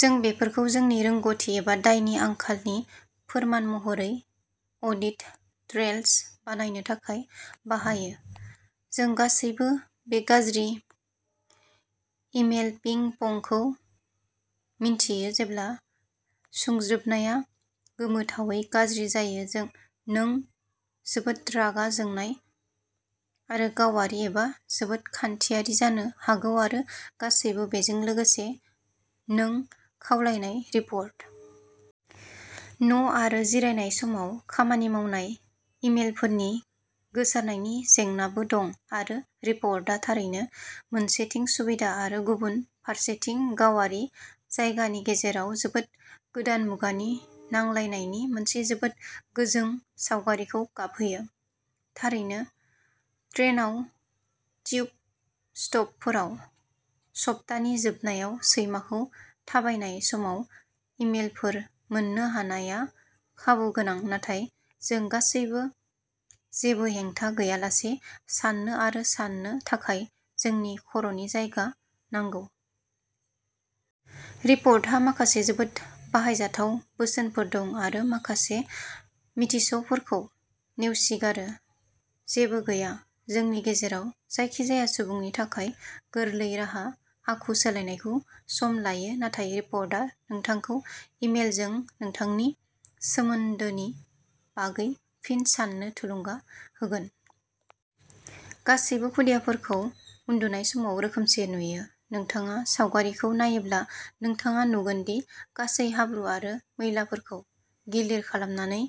जों बेफोरखौ जोंनि रोंग'थि एबा दायनि आंखालनि फोरमान महरै अडिट ट्रेल्स बानायनो थाखाय बाहायो। जों गासैबो बे गाज्रि इमेल'पिं पंखौ मिथियो जेब्ला सुंज्रोबनाया गोमोथावै गाज्रि जायो नों जोबोद रागा जोंनाय आरो गावारि एबा जोबोद खान्थियारि जानो हागौ आरो गासैबो बेजों लोगोसे नों खावलायनाय रिपर्ट। न' आरो जिरायनाय समाव खामानि मावनाय इमेलफोरनि गोसारनायनि जेंनाबो दं आरो रिपर्टआ थारैनो मोनसेथिं सुबिदा आरो गुबुन फारसेथिं गावारि जायगानि गेजेराव जोबोद गोदान मुगानि नांलायनायनि मोनसे जोबोद गोजों सावगारिखौ गाबहोयो। थारैनो ट्रेनआव ट्युब स्टपफोराव सप्तानि जोबनायाव सैमाखौ थाबायनाय समाव इमेलफोर मोन्नो हानायआ खाबुगोनां नाथाय जों गासैबो जेबो हेंथा गैयालासे साननो आरो साननो थाखाय जोंनि खर'नि जायगा नांगौ। रिपर्टहा माखासे जोबोद बाहायजाथाव बोसोनफोर दं आरो माखासे मिथिसफोरखौ नेवसिगारो। जेबो गैया। जोंनि गेजेराव जायखिजाया सुबुंनि थाखाय गोरलै राहा आखु सोलायनायखौ सम लायो नाथाय रिपर्टआ नोंथांखौ इमेलजों नोंथांनि सोमोन्दोनि बागै फिन साननो थुलुंगा होगोन। गासैबो खुदियाफोरखौ उन्दुनाय समाव रोखोमसे नुयो। नोंथाङा सावगारिखौ नायोब्ला नोंथाङा नुगोनदि गासै हाब्रु आरो मैलाफोरखौ गिलिर खालामनानै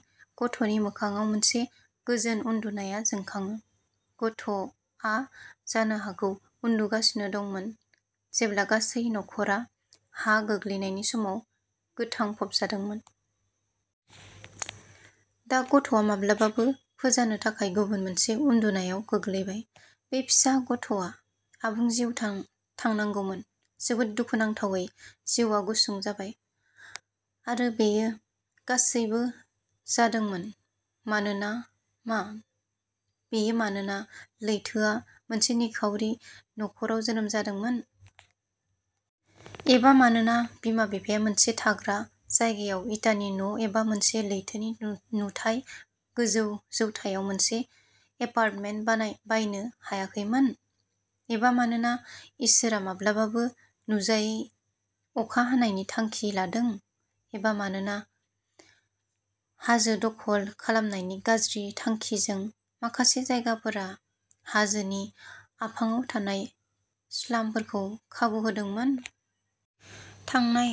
गथ'नि मोखांआव मोनसे गोजोन उन्दुनाया जोंखाङो। गथ'आ जानो हागौ उन्दुगासिनो दंमोन जेब्ला गासै नख'रा हा गोग्लैनायनि समाव गोथां फबजादोंमोन। दा गथ'आ माब्लाबाबो फोजानो थाखाय गुबुन मोनसे उन्दुनायाव गोग्लैबाय। बे फिसा गथ'आ आबुं जिउ थांनांगौमोन। जोबोद दुखुनांथावै जिउआ गुसुं जाबाय। आरो बेयो गासैबो जादोंमोन मानोना मा? बेयो मानोना लैथोआ मोनसे निखावरि नख'राव जोनोम जादोंमोन? एबा मानोना बिमा-बिफाया मोनसे थाग्रा जायगायाव इटानि न' एबा मोनसे लैथोनि नुथाय गोजौ जौथायाव मोनसे एपार्टमेन्ट बायनो हायाखैमोन? एबा मानोना इसोरआ माब्लाबाबो नुजायै अखा हानायनि थांखि लादों? एबा मानोना हाजो दखल खालामनायनि गाज्रि थांखिजों माखासे जायगाफोरा हाजोनि आफाङाव थानाय स्लामफोरखौ खाबु होदोंमोन? थांनाय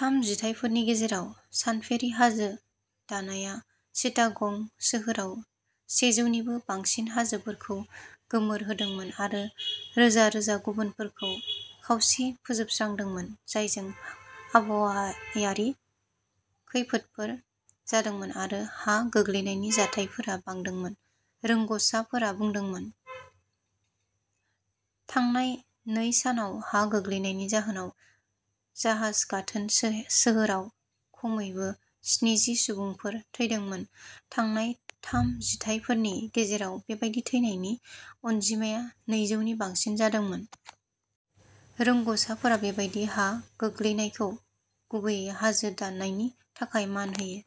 थाम जिथाइफोरनि गेजेराव सानफेरै हाजो दानाया चिटागं सोहोराव सेजौनिबो बांसिन हाजोफोरखौ गोमोरहोदोंमोन आरो रोजा रोजा गुबुनफोरखौ खावसे फोजोबस्रांदोंमोन जायजों आबहावायारि खैफोदफोर जादोंमोन आरो हा गोग्लैनायनि जाथायफोरा बांदोंमोन रोंग'साफोरा बुंदोंमोन। थांनाय नै सानाव हा गोग्लैनायनि जाहोनाव जाहाज गाथोन सोहोराव खमैबो स्निजि सुबुंफोर थैदोंमोन थांनाय थाम जिथाइफोरनि गेजेराव बेबादि थैनायनि अनजिमाया नैजौनि बांसिन जादोंमोन। रोंग'साफोरा बेबादि हा गोग्लैनायखौ गुबैयै हाजो दाननायनि थाखाय मान होयो।